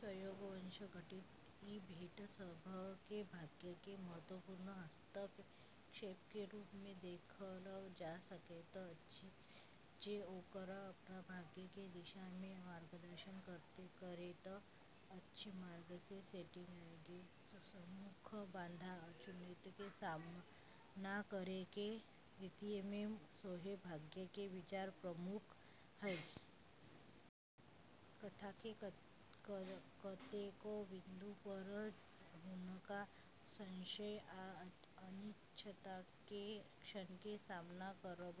संयोगवश घटित ई भेंट सभ केँ भाग्य के महत्त्वपूर्ण हस्तक्षेप के रूप में देखल जा सकैत अछि, जे ओकरा अपन भाग्य के दिशा में मार्गदर्शन करैत अछि। मार्ग में सैंटियागो के सम्मुख बाधा आ चुनौती के सामना करै के रीति में सेहो भाग्य के विचार प्रमुख छै। कथा के कतेकौ बिंदु पर हुनका संशय आ अनिश्चितता के क्षण के सामना करब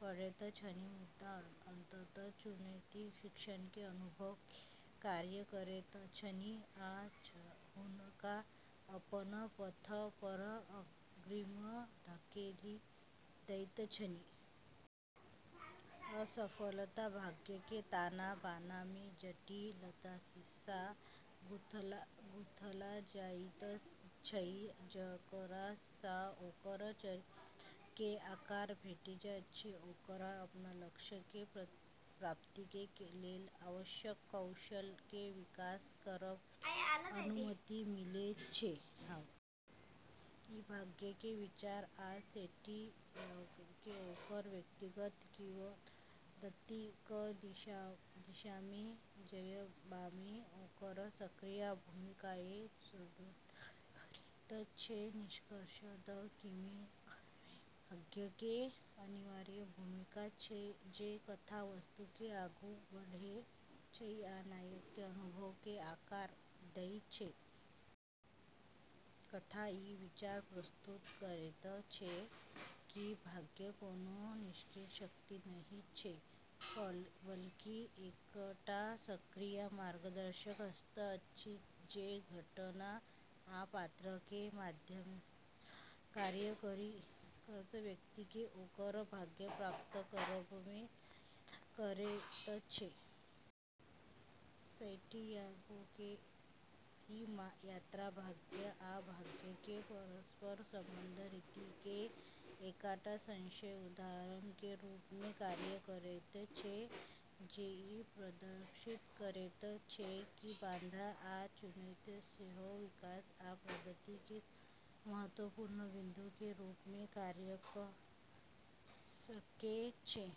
पड़ैत छनि, मुदा अंततः चुनौती शिक्षण के अनुभव के कार्य करैत छनि आ हुनका अपन पथ पर अग्रिम धकेलि दैत छनि। असफलता भाग्य के ताना-बाना में जटिलता सँ गूँथल जाइत छै, जकरा सँ ओकर चरित्र के आकार भेटैत अछि आ ओकरा अपन लक्ष्य के प्राप्ति के लेल आवश्यक कौशल के विकास करब के अनुमति मिलै छै। ई भाग्य के विचार आ सैंटियागो के ओकर व्यक्तिगत किंवदंतीक दिशामे ले जयबामे ओकर सक्रिय भूमिकाकेँ सुदृढ़ करैत छै। निष्कर्षतः "द कीमियागर" में भाग्य के अनिवार्य भूमिका छै, जे कथा वस्तु के आगू बढ़ाबै छै आ नायक के अनुभव के आकार दै छै। कथा ई विचार प्रस्तुत करैत छै कि भाग्य कोनो निष्क्रिय शक्ति नहि छै, बल्कि एकटा सक्रिय मार्गदर्शक हस्त अछि, जे घटना आ पात्र के माध्यम सँ कार्य करि कऽ व्यक्ति के ओकर भाग्य प्राप्त करब में सहायता करैत छै। सैंटियागो के ई यात्रा भाग्य आ भाग्य के परस्पर संबद्ध रीति के एकटा सशक्त उदाहरण के रूप में कार्य करैत छै, जे ई प्रदर्शित करैत छै कि बाधा आ चुनौती सेहो विकास आ प्रगति के महत्त्वपूर्ण बिंदु के रूप मे कार्य कऽ सकै छै।